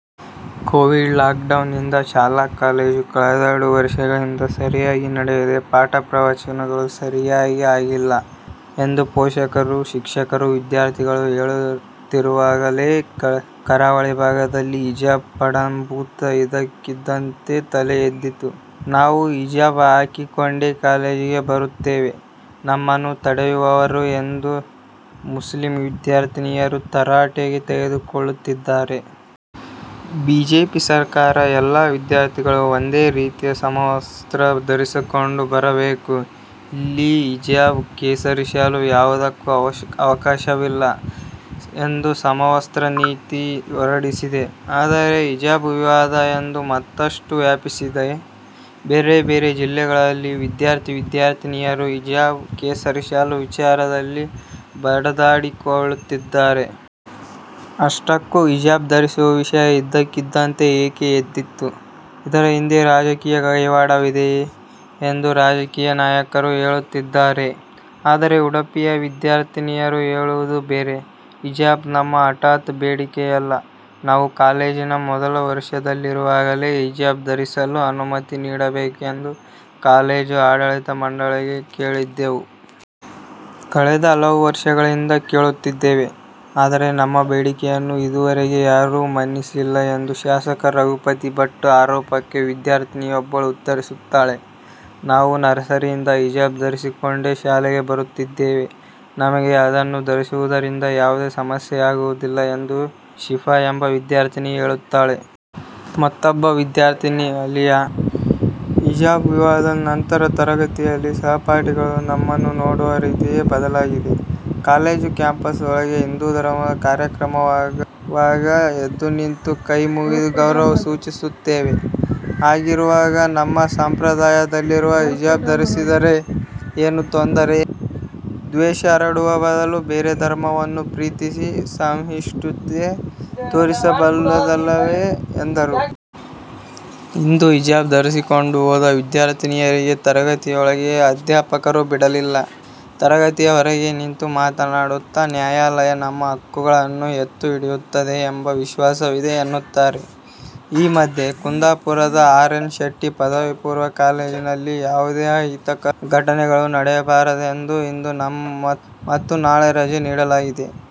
Covid lockdown ನಿಂದ ಶಾಲಾ-ಕಾಲೇಜು ಕಳೆದೆರಡು ವರ್ಷಗಳಿಂದ ಸರಿಯಾಗಿ ನಡೆಯದೆ ಪಾಠ-ಪ್ರವಚನಗಳು ಸರಿಯಾಗಿ ಆಗಿಲ್ಲ ಎಂದು ಪೋಷಕರು, ಶಿಕ್ಷಕರು, ವಿದ್ಯಾರ್ಥಿಗಳು ಹೇಳುತ್ತಿರುವಾಗಲೇ ಕರಾವಳಿ ಭಾಗದಲ್ಲಿ ಹಿಜಾಬ್ ಪಡಂಭೂತ ಇದ್ದಕ್ಕಿದ್ದಂತೆ ತಲೆಯೆದ್ದಿತು. ನಾವು ಹಿಜಾಬ್ ಹಾಕಿಕೊಂಡೇ ಕಾಲೇಜಿಗೆ ಬರುತ್ತೇವೆ, ನಮ್ಮನ್ನು ತಡೆಯುವವರಾರು ಎಂದು ಮುಸ್ಲಿಂ ವಿದ್ಯಾರ್ಥಿನಿಯರು ತರಾಟೆಗೆ ತೆಗೆದುಕೊಳ್ಳುತ್ತಿದ್ದಾರೆ. ಬಿಜೆಪಿ ಸರ್ಕಾರ ಎಲ್ಲಾ ವಿದ್ಯಾರ್ಥಿಗಳು ಒಂದೇ ರೀತಿಯ ಸಮವಸ್ತ್ರ ಧರಿಸಿಕೊಂಡು ಬರಬೇಕು, ಇಲ್ಲಿ ಹಿಜಾಬ್, ಕೇಸರಿ ಶಾಲು ಯಾವುದಕ್ಕೂ ಅವಕಾಶವಿಲ್ಲ ಎಂದು ಸಮವಸ್ತ್ರ ನೀತಿ ಹೊರಡಿಸಿದೆ. ಆದರೆ ಹಿಜಾಬ್ ವಿವಾದ ಇಂದು ಮತ್ತಷ್ಟು ವ್ಯಾಪಿಸಿದೆ. ಬೇರೆ ಬೇರೆ ಜಿಲ್ಲೆಗಳಲ್ಲಿ ವಿದ್ಯಾರ್ಥಿ-ವಿದ್ಯಾರ್ಥಿನಿಯರು ಹಿಜಾಬ್ / ಕೇಸರಿ ಶಾಲು ವಿಚಾರದಲ್ಲಿ ಬಡಿದಾಡಿಕೊಳ್ಳುತ್ತಿದ್ದಾರೆ. ಅಷ್ಟಕ್ಕೂ ಹಿಜಾಬ್ ಧರಿಸುವ ವಿಷಯ ಇದ್ದಕ್ಕಿದ್ದಂತೆ ಏಕೆ ಎದ್ದಿತು, ಇದರ ಹಿಂದೆ ರಾಜಕೀಯ ಕೈವಾಡವಿದೆ ಎಂದು ರಾಜಕೀಯ ನಾಯಕರು ಹೇಳುತ್ತಿದ್ದಾರೆ. ಆದರೆ ಉಡುಪಿಯ ವಿದ್ಯಾರ್ಥಿನಿಯರು ಹೇಳುವುದು ಬೇರೆ. ಹಿಜಾಬ್ ನಮ್ಮ ಹಠಾತ್ ಬೇಡಿಕೆಯಲ್ಲ, ನಾವು ಕಾಲೇಜಿನ ಮೊದಲ ವರ್ಷದಲ್ಲಿರುವಾಗಲೇ ಹಿಜಾಬ್ ಧರಿಸಲು ಅನುಮತಿ ನೀಡಬೇಕೆಂದು ಕಾಲೇಜು ಆಡಳಿತ ಮಂಡಳಿಗೆ ಕೇಳಿದ್ದೆವು. ಕಳೆದ ಹಲವು ವರ್ಷಗಳಿಂದ ಕೇಳುತ್ತಿದ್ದೇವೆ. ಆದರೆ ನಮ್ಮ ಬೇಡಿಕೆಯನ್ನು ಇದುವರೆಗೆ ಯಾರೂ ಮನ್ನಿಸಿಲ್ಲ ಎಂದು ಶಾಸಕ ರಘುಪತಿ ಭಟ್ ಆರೋಪಕ್ಕೆ ವಿದ್ಯಾರ್ಥಿನಿಯೊಬ್ಬಳು ಉತ್ತರಿಸುತ್ತಾಳೆ. ನಾವು ನರ್ಸರಿಯಿಂದ ಹಿಜಾಬ್ ಧರಿಸಿಕೊಂಡೇ ಶಾಲೆಗೆ ಬರುತ್ತಿದ್ದೇವೆ. ನಮಗೆ ಅದನ್ನು ಧರಿಸುವುದರಿಂದ ಯಾವುದೇ ಸಮಸ್ಯೆಯಾಗುವುದಿಲ್ಲ ಎಂದು ಶಿಫಾ ಎಂಬ ವಿದ್ಯಾರ್ಥಿನಿ ಹೇಳುತ್ತಾಳೆ. ಮತ್ತೊಬ್ಬ ವಿದ್ಯಾರ್ಥಿನಿ ಅಲಿಯಾ, ಹಿಜಾಬ್ ವಿವಾದ ನಂತರ ತರಗತಿಯಲ್ಲಿ ಸಹಪಾಠಿಗಳು ನಮ್ಮನ್ನು ನೋಡುವ ರೀತಿಯೇ ಬದಲಾಗಿದೆ. ಕಾಲೇಜು ಕ್ಯಾಂಪಸ್ ಒಳಗೆ ಹಿಂದೂ ಧರ್ಮದ ಕಾರ್ಯಕ್ರಮವಾಗುವಾಗ ಎದ್ದುನಿಂತು ಕೈ ಮುಗಿದು ಗೌರವ ಸೂಚಿಸುತ್ತೇವೆ. ಹಾಗಿರುವಾಗ ನಮ್ಮ ಸಂಪ್ರದಾಯದಲ್ಲಿರುವ ಹಿಜಾಬ್ ಧರಿಸಿದರೆ ಏನು ತೊಂದರೆ, ದ್ವೇಷ ಹರಡುವ ಬದಲು ಬೇರೆ ಧರ್ಮವನ್ನು ಪ್ರೀತಿಸಿ ಸಹಿಷ್ಣುತೆ ತೋರಿಸಬಹುದಲ್ಲವೇ ಎಂದರು. ಇಂದು ಹಿಜಾಬ್ ಧರಿಸಿಕೊಂಡು ಹೋದ ವಿದ್ಯಾರ್ಥಿನಿಯರಿಗೆ ತರಗತಿಯೊಳಗೆ ಅಧ್ಯಾಪಕರು ಬಿಡಲಿಲ್ಲ. ತರಗತಿಯ ಹೊರಗೆ ನಿಂತು ಮಾತನಾಡುತ್ತಾ, ನ್ಯಾಯಾಲಯ ನಮ್ಮ ಹಕ್ಕುಗಳನ್ನು ಎತ್ತು ಹಿಡಿಯುತ್ತದೆ ಎಂಬ ವಿಶ್ವಾಸವಿದೆ ಎನ್ನುತ್ತಾರೆ. ಈ ಮಧ್ಯೆ, ಕುಂದಾಪುರದ ಆರ್ ಎನ್ ಶೆಟ್ಟಿ ಪದವಿ ಪೂರ್ವ ಕಾಲೇಜಿನಲ್ಲಿ ಯಾವುದೇ ಅಹಿತಕರ ಘಟನೆಗಳು ನಡೆಯಬಾರದೆಂದು ಇಂದು ಮತ್ತು ನಾಳೆ ರಜೆ ನೀಡಲಾಗಿದೆ.